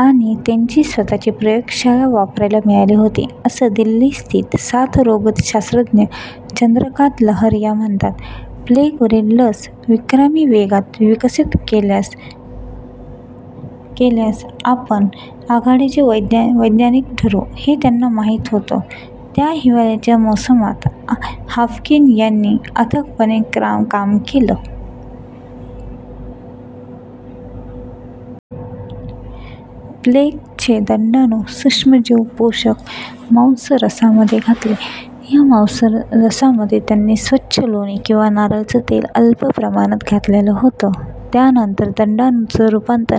आणि त्यांची स्वतःची प्रयोगशाळा वापरायला मिळाली होती, असं दिल्लीस्थित साथरोगशास्त्रज्ञ चंद्रकांत लहरिया म्हणतात. प्लेगवरील लस विक्रमी वेगात विकसित केल्यास आपण आघाडीचे वैज्ञानिक ठरू, हे त्यांना माहीत होतं. त्या हिवाळ्याच्या मोसमात हाफकिन यांनी अथकपणे काम केलं. प्लेगचे दंडाणू सूक्ष्मजीवपोषक मांसरसामध्ये घातले, या मांसरसामध्ये त्यांनी स्वच्छ लोणी किंवा नारळाचं तेल अल्प प्रमाणात घातलेलं होतं, त्यानंतर दंडाणुचं रूपांतर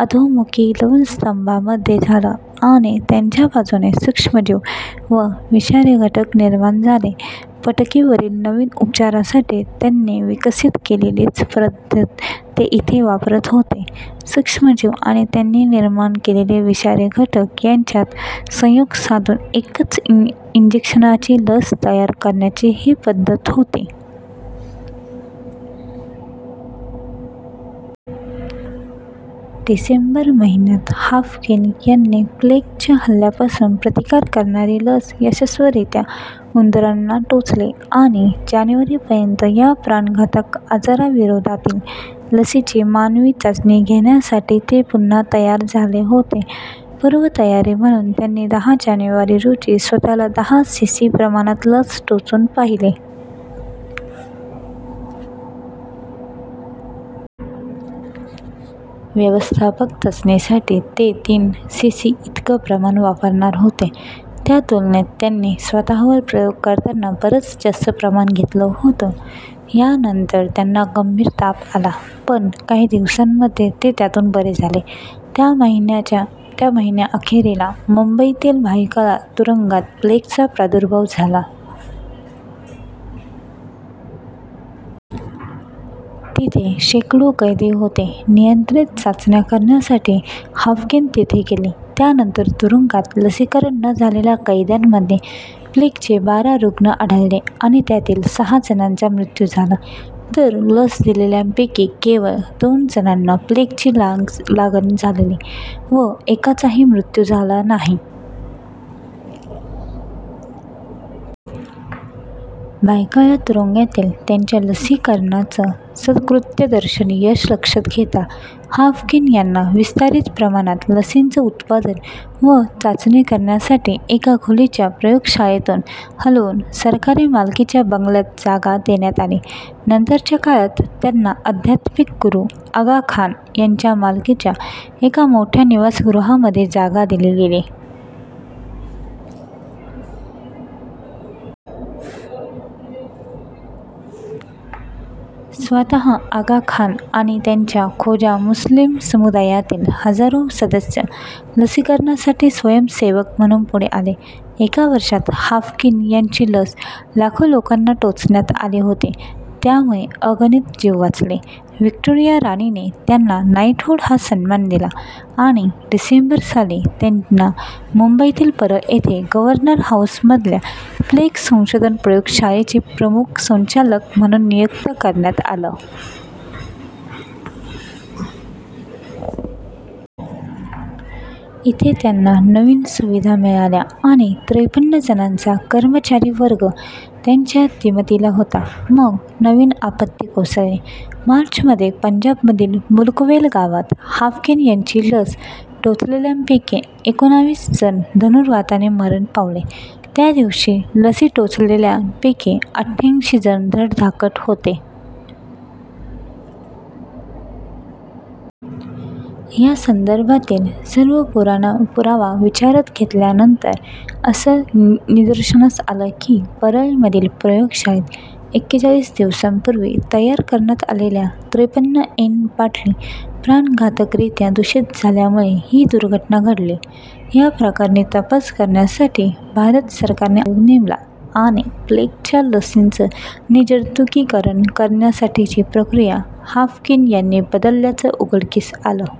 अधोमुखी लवणस्तंभामध्ये झालं, आणि त्याच्या बाजूने सूक्ष्मजीव व विषारी घटक निर्माण झाले. पटकीवरील नवीन उपचारासाठी त्यांनी विकसित केलेलीच पद्धत ते इथे वापरत होते सूक्ष्मजीव आणि त्यांनी निर्माण केलेले विषारी घटक यांच्यात संयोग साधून एकाच इंजेक्शनची लस तयार करण्याची ही पद्धत होती. डिसेंबर महिन्यात हाफकिन यांनी प्लेगच्या हल्ल्यापासून प्रतिकार करणारी लस यशस्वीरित्या उंदरांना टोचली आणि जानेवारी पर्यंत या प्राणघातक आजाराविरोधातील लसीची मानवी चाचणी घेण्यासाठी ते पुन्हा तयार झाले होते. पूर्वतयारी म्हणून त्यांनी दहा जानेवारी रोजी स्वतःला दहा सीसी प्रमाणात लस टोचून पाहिली. व्यापक चाचणीसाठी ते तीन सीसी इतकं प्रमाण वापरणार होते, त्या तुलनेत त्यांनी स्वतःवर प्रयोग करताना बरंच जास्त प्रमाण घेतलं होतं. यानंतर त्यांना गंभीर ताप आला, पण काही दिवसांमध्ये ते त्यातून बरे झाले. त्या महिन्याअखेरीला मुंबईतील भायखळा तुरुंगात प्लेगचा प्रादुर्भाव झाला. तिथे शेकडो कैदी होते. नियंत्रित चाचण्या करण्यासाठी हाफकिन तिथे गेले. त्यानंतर तुरुंगात लसीकरण न झालेल्या कैद्यांमध्ये प्लेगचे बारा रुग्ण आढळले आणि त्यातील सहा जणांचा मृत्यू झाला, तर लस दिलेल्यांपैकी केवळ दोन जणांना प्लेगची लागण झाली, व एकाचाही मृत्यू झाला नाही. भायखळा तुरुंगातील त्यांच्या लसीकरणाचं सकृत्दर्शनी यश लक्षात घेता हाफकिन यांना विस्तारीत प्रमाणात लसीचं उत्पादन व चाचणी करण्यासाठी एका खोलीच्या प्रयोगशाळेतून हलवून सरकारी मालकीच्या बंगल्यात जागा देण्यात आली. नंतरच्या काळात त्यांना अध्यात्मिक गुरू आगा खान यांच्या मालकीच्या एका मोठ्या निवासगृहामध्ये जागा दिली गेली. स्वतः आगा खान आणि त्यांच्या खोजा मुस्लीम समुदायातील हजारो सदस्य लसीकरणासाठी स्वयंसेवक म्हणून पुढे आले. एका वर्षात हाफकिन यांची लस लाखो लोकांना टोचण्यात आली होती, त्यामुळे अगणित जीव वाचले. व्हिक्टोरिया राणीने त्यांना नाइटहूड हा सन्मान दिला आणि डिसेंबर साली त्यांना मुंबईतील परळ इथे गव्हर्नर हाऊसमधल्या प्लेग संशोधन प्रयोगशाळेचे प्रमुख संचालक म्हणून नियुक्त करण्यात आलं. इथे त्यांना नवीन सुविधा मिळाल्या आणि त्रेपन्न जणांचा कर्मचारीवर्ग त्यांच्या दिमतीला होता. मग नवीन आपत्ती कोसळली. मार्च मध्ये पंजाबमधील मुल्कोवेल गावात हाफकिन यांची लस टोचलेल्यांपैकी एकोणीस जण धनुर्वाताने मरण पावले. त्या दिवशी लसी टोचलेल्यांपैकी अठ्ठ्याऐंशी जण धडधाकट होते. या संदर्भातील सर्व पुरावा विचारात घेतल्यानंतर असं निदर्शनास आलं की, परळमधील प्रयोगशाळेत एक्केचाळीस दिवसांपूर्वी तयार करण्यात आलेल्या त्रेपन्न एन बाटली प्राणघातकरित्या दूषित झाल्यामुळे ही दुर्घटना घडली. या प्रकरणी तपास करण्यासाठी भारत सरकारने आयोग नेमला, आणि प्लेगच्या लसीचं निर्जंतुकीकरण करण्यासाठीची प्रक्रिया हाफकिन यांनी बदलल्याचं उघडकीस आलं.